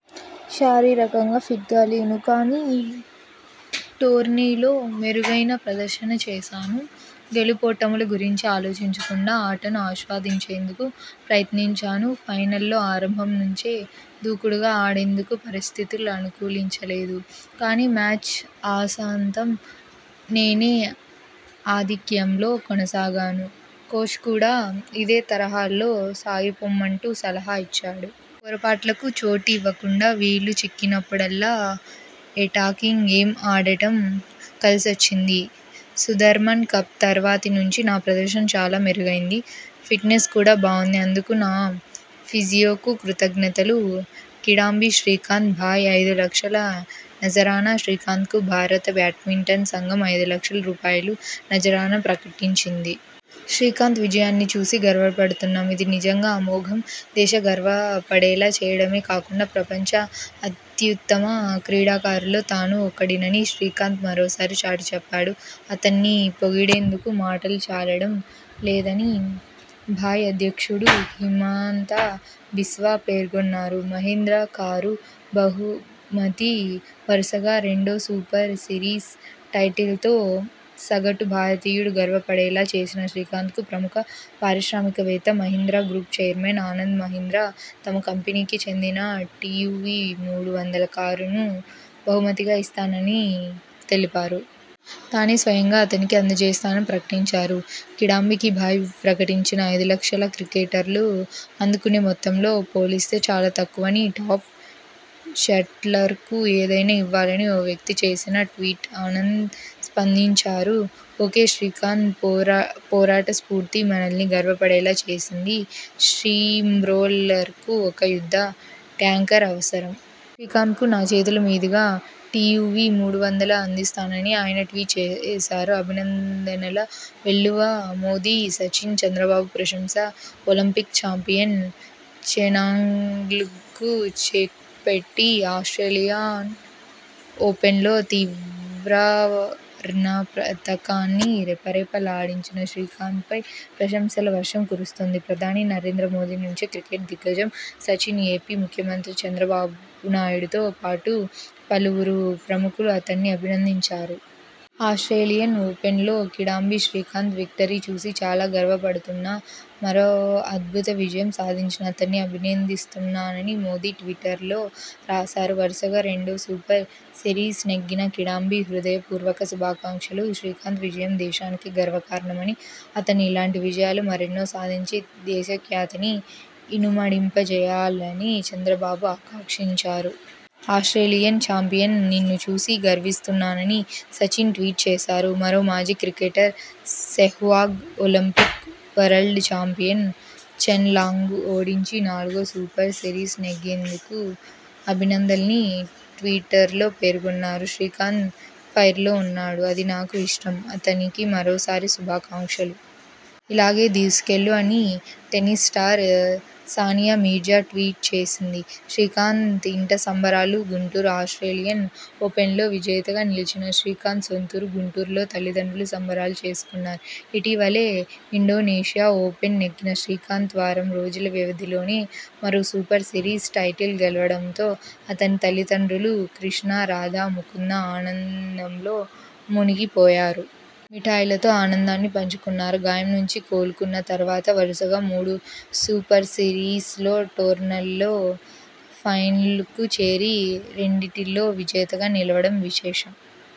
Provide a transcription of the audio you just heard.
శారీరకంగా ఫిట్గా లేను. కానీ ఈ టోర్నీలో మెరుగైన ప్రదర్శన చేశాను. గెలుపోటముల గురించి ఆలోచించకుండా ఆటను ఆస్వాదించేందుకు ప్రయత్నించాను. ఫైనల్లో ఆరంభం నుంచే దూకుడుగా ఆడేందుకు పరిస్థితులు అనుకూలించలేదు. కానీ మ్యాచ్ ఆసాంతం నేనే ఆధిక్యంలో కొనసాగాను. కోచ్ కూడా ఇదే తరహాలో సాగిపొమ్మంటూ సలహా ఇచ్చాడు. పొరపాట్లకు చోటి వ్వకుండా వీలు చిక్కినపుడల్లా ఎటాకింగ్ గేమ్ ఆడడం కలిసొచ్చింది. సుదర్మన్ కప్ తర్వాతి నుంచి నా ప్రదర్శన చాలా మెరుగైంది. ఫిట్నెస్ కూడా బాగుంది. అందుకు నా ఫిజియోకు కృతజ్ఞతలు. కిడాంబి శ్రీకాంత్ బాయ్ ఐదు లక్షల నజరానా శ్రీకాంత్కు భారత బ్యాడ్మింటన్ సంఘం ఐదు లక్షల రూపాయల నజరానా ప్రకటించింది. 'శ్రీకాంత్ విజయాన్ని చూసి గర్వపడుతున్నాం. ఇది నిజంగా అమోఘం. దేశం గర్వ పడేలా చేయడమే కాకుండా, ప్రపంచ అత్యుత్తమ క్రీడాకారుల్లో తానూ ఒకడినని శ్రీకాంత్ మరోసారి చాటి చెప్పాడు. అతణ్ణి పొగిడేందుకు మాటలు చాలడం లేద'ని బాయ్ అధ్యక్షుడు హిమాంత బిస్వా పేర్కొన్నారు. మహీంద్ర కారు, బహుమతి వరుసగా రెండో సూపర్ సిరీస్ టైటిల్తో సగటు భారతీయుడు గర్వపడేలా చేసిన శ్రీకాంత్కు ప్రముఖ పారిశ్రామిక వేత్త, మహీంద్ర గ్రూప్ చైర్మన్ ఆనంద్ మహీంద్ర తమ కంపెనీకి చెందిన టీయూవీ మూడు వందల కారును బహుమతిగా ఇస్తామని తెలిపారు. తానే స్వయంగా అతనికి అందజేస్తానని ప్రకటించారు. కిడాంబికి బాయ్ ప్రకటించిన ఐదు లక్షలు క్రికెటర్లు అందుకునే మొత్తంతో పోల్చితే చాలా తక్కువని, టాప్ షట్లర్కు ఏదైనా ఇవ్వాలని ఓ వ్యక్తి చేసిన ట్వీట్కు ఆనంద్ స్పందించారు. ఓకే, శ్రీకాంత్ పోరాటస్ఫూర్తి మనల్ని గర్వపడేలా చేసింది. స్టీమ్రోలర్కు ఒక యుద్ధ ట్యాంకర్ అవసరం. శ్రీకాంత్కు నా చేతుల మీదుగా టీయూవీ మూడు వందలను అందిస్తానని ఆయన ట్వీట్ చేశారు. అభినందనల వెల్లువ మోదీ, సచిన్, చంద్రబాబు ప్రశంస ఒలింపిక్ చాంపియన్ చెన్లాంగ్కు చెక్పెట్టి ఆస్ట్రేలి యన్ ఓపెన్లో త్రివర్ణ పతాకాన్ని రెపరెప లాడించిన శ్రీకాంత్పై ప్రశంసల వర్షం కురుస్తోంది. ప్రధాని నరేంద్ర మోదీ నుంచి క్రికెట్ దిగ్గజం సచిన్, ఏపీ ముఖ్యమంత్రి చంద్రబాబునాయుడుతో పాటు పలువు రు ప్రముఖులు అతణ్ణి అభినందించారు. 'ఆస్ట్రేలియన్ ఓపెన్లో కిడాంబి శ్రీకాంత్ విక్టరీ చూసి చాలా గర్వ పడుతున్నా. మరో అద్భుత విజయం సాధించిన అతణ్ణి అభినందిస్తున్నాన'ని మోదీ ట్విటర్లో రాశారు. 'వరుసగా రెండో సూపర్ సిరీస్ నెగ్గిన కిడాంబికి హృ దయ పూర్వక శుభాకాంక్షలు. శ్రీకాంత్ విజయం దేశానికే గర్వ కారణమని, అతను ఇలాంటి విజయాలు మరెన్నో సాధించి దేశ ఖ్యాతిని ఇనుమడింప చేయాలని చంద్రబాబు ఆకాంక్షించారు. ఆస్ట్రేలియన్ చాంపియన్ నిన్ను చూసి గర్విస్తున్నా'నని సచిన్ ట్వీట్ చేశాడు. మరో మాజీ cricketer Sehwag 'Olympic, world champion Chen లాంగ్ను ఓడించి, నాలుగో సూపర్ సిరీస్ నెగ్గినందుకు అభినందనల'ని ట్విటర్లో పేర్కొన్నాడు. 'శ్రీకాంత్ ఫైర్లో ఉన్నాడు. అది నాకు ఇష్టం. అతనికి మరోసారి శుభాకాంక్షలు. ఇలాగే దూసుకెళ్లు' అని tennis star Sania Mirza tweet చేసింది. శ్రీకాంత్ ఇంట సంబరాలు గుంటూరు ఆస్ట్రేలియన్ ఓపెన్లో విజేతగా నిలిచిన శ్రీకాంత్ సొంతూరు గుంటూరులో తల్లి దండ్రులు సంబరాలు చేసుకున్నారు. ఇటీవలే ఇండోనేషియా ఓపెన్ నెగ్గిన శ్రీకాంత్ వారం రోజుల వ్యవధి లోనే మరో సూపర్ సిరీస్ టైటిల్ గెలవడంతో అతని తల్లి దండ్రులు కృష్ణ, రాధా ముకుంద ఆనందంలో మునిగి పోయారు. మిఠాయిలతో ఆనందాన్ని పంచుకున్నారు. గాయం నుంచి కోలుకున్న తర్వాత వరుసగా మూడు సూపర్సిరీస్ టోర్నీల్లో ఫైనల్కు చేరి రెండింటిలో విజేతగా నిలవడం విశేషం.